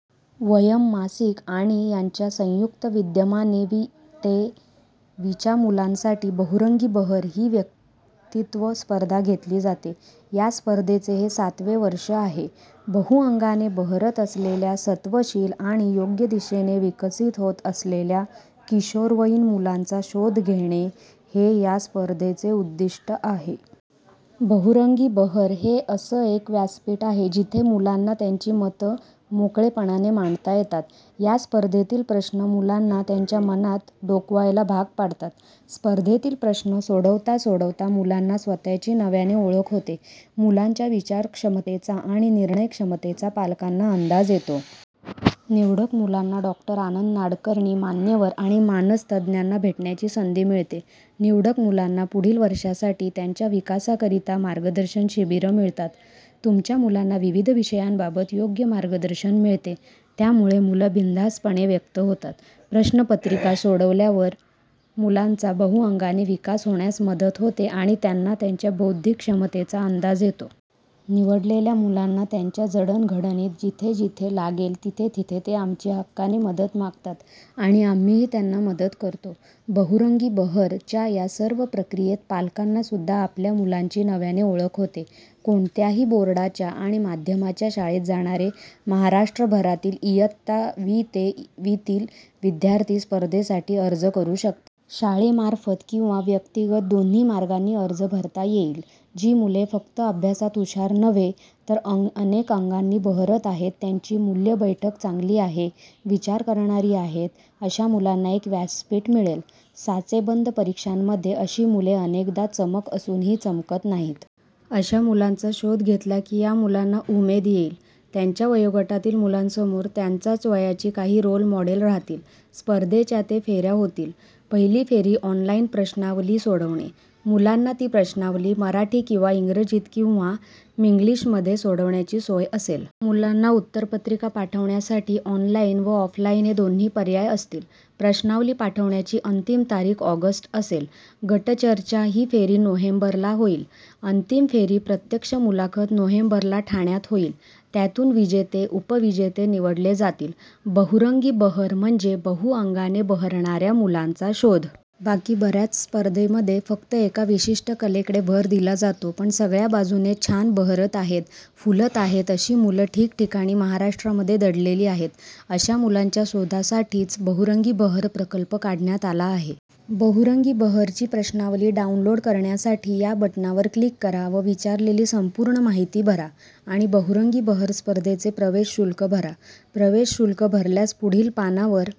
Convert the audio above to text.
'वयम्' मासिक आणि यांच्या संयुक्त विद्यमाने वी ते वीच्या मुलांसाठी 'बहुरंगी बहर' ही व्यक्तित्व स्पर्धा घेतली जाते. या स्पर्धेचे हे सातवे वर्ष आहे. बहुअंगाने बहरत असलेल्या, सत्वशील आणि योग्य दिशेने विकसित होत असलेल्या किशोरवयीन मुलांचा शोध घेणे, हे या स्पर्धेचे उद्दिष्ट आहे. 'बहुरंगी बहर' हे असं एक व्यासपीठ आहे, जिथे मुलांना त्यांची मतं मोकळेपणाने मांडता येतात. या स्पर्धेतील प्रश्न मुलांना त्यांच्या मनात डोकवायला भाग पाडतात. स्पर्धेतील प्रश्न सोडवता सोडवता मुलांना स्वतःची नव्याने ओळख होते. मुलांच्या विचारक्षमतेचा आणि निर्णयक्षमतेचा पालकांना अंदाज येतो. निवडक मुलांना डॉ. आनंद नाडकर्णी, मान्यवर आणि मानसतज्ज्ञाना भेटण्याची संधी मिळते. निवडक मुलांना पुढील वर्षांसाठी त्यांच्या विकासाकरिता मार्गदर्शन शिबिरं मिळतात. तुमच्या मुलांना विविध विषयांबाबत योग्य मार्गदर्शन मिळते त्यामुळे मुलं बिनधास्तपणे व्यक्त होतात. प्रश्नपत्रिका सोडवल्यावर, मुलांचा बहुअंगाने विकास होण्यास मदत होते आणि त्यांना त्यांच्या बौद्धिक क्षमतेचा अंदाज येतो. निवडलेल्या मुलांना त्यांच्या जडण-घडणीत जिथे-जिथे लागेल तिथे तिथे ते आमची हक्काने मदत मागतात आणि आम्हीही त्यांना मदत करतो. 'बहुरंगी बहर'च्या या सर्व प्रक्रियेत पालकांनासुद्धा आपल्या मुलांची नव्याने ओळख होते. कोणत्याही बोर्डाच्या आणि माध्यमाच्या शाळेत जाणारे महाराष्ट्रभरातील इयत्ता वी ते वीतील विद्यार्थी स्पर्धेसाठी अर्ज करू शकतात. शाळेमार्फत किंवा व्यक्तिगत दोन्ही मार्गांनी अर्ज भरता येईल. जी मुले फक्त अभ्यासात हुशार नव्हे, तर अनेक अंगांनी बहरत आहेत, त्यांची मूल्यबैठक चांगली आहे, विचार करणारी आहेत, अशा मुलांना एक व्यासपीठ मिळेल. साचेबंद परीक्षांमध्ये अशी मुले अनेकदा चमक असूनही चमकत नाहीत. अशा मुलांचा शोध घेतला की या मुलांना उमेद येईल. त्यांच्या वयोगटातील मुलांसमोर त्यांच्याच वयाची काही रोल मॉडेल राहतील. स्पर्धेच्या ते फेऱ्या होतील. पहिली फेरी- ऑनलाइन प्रश्नावली सोडवणे. मुलांना ती प्रश्नावली मराठी किंवा इंग्रजीत किंवा मिंग्लिशमध्ये सोडवण्याची सोय असेल. मुलांना उत्तरपत्रिका पाठवण्यासाठी ऑनलाइन व ऑफलाइन हे दोन्ही पर्याय असतील. प्रश्नावली पाठवण्याची अंतिम तारीख ऑगस्ट असेल. गटचर्चा- ही फेरी नोव्हेंबरला होईल. अंतिम फेरी- प्रत्यक्ष मुलाखत नोव्हेंबरला ठाण्यात होईल. त्यातून विजेते-उपविजेते निवडले जातील. 'बहुरंगी बहर' म्हणजे बहुअंगाने बहरणाऱ्या मुलांचा शोध. बाकी बऱ्याच स्पर्धेमध्ये फक्त एका विशिष्ट कलेकडे भर दिला जातो. पण सगळ्या बाजूने छान बहरत आहेत, फुलत आहेत अशी मुलं ठिकठिकाणी महाराष्ट्रामध्ये दडलेली आहेत. अशा मुलांच्या शोधासाठीच 'बहुरंगी बहर' प्रकल्प काढण्यात आला आहे. 'बहुरंगी बहर' ची प्रश्नावली डाऊनलोड करण्यासाठी या बटणावर क्लिक करा व विचारलेली संपूर्ण माहिती भरा आणि बहुरंगी बहर स्पर्धेचे प्रवेश शुल्क भरा. प्रवेश शुल्क भरल्यास पुढील पानावर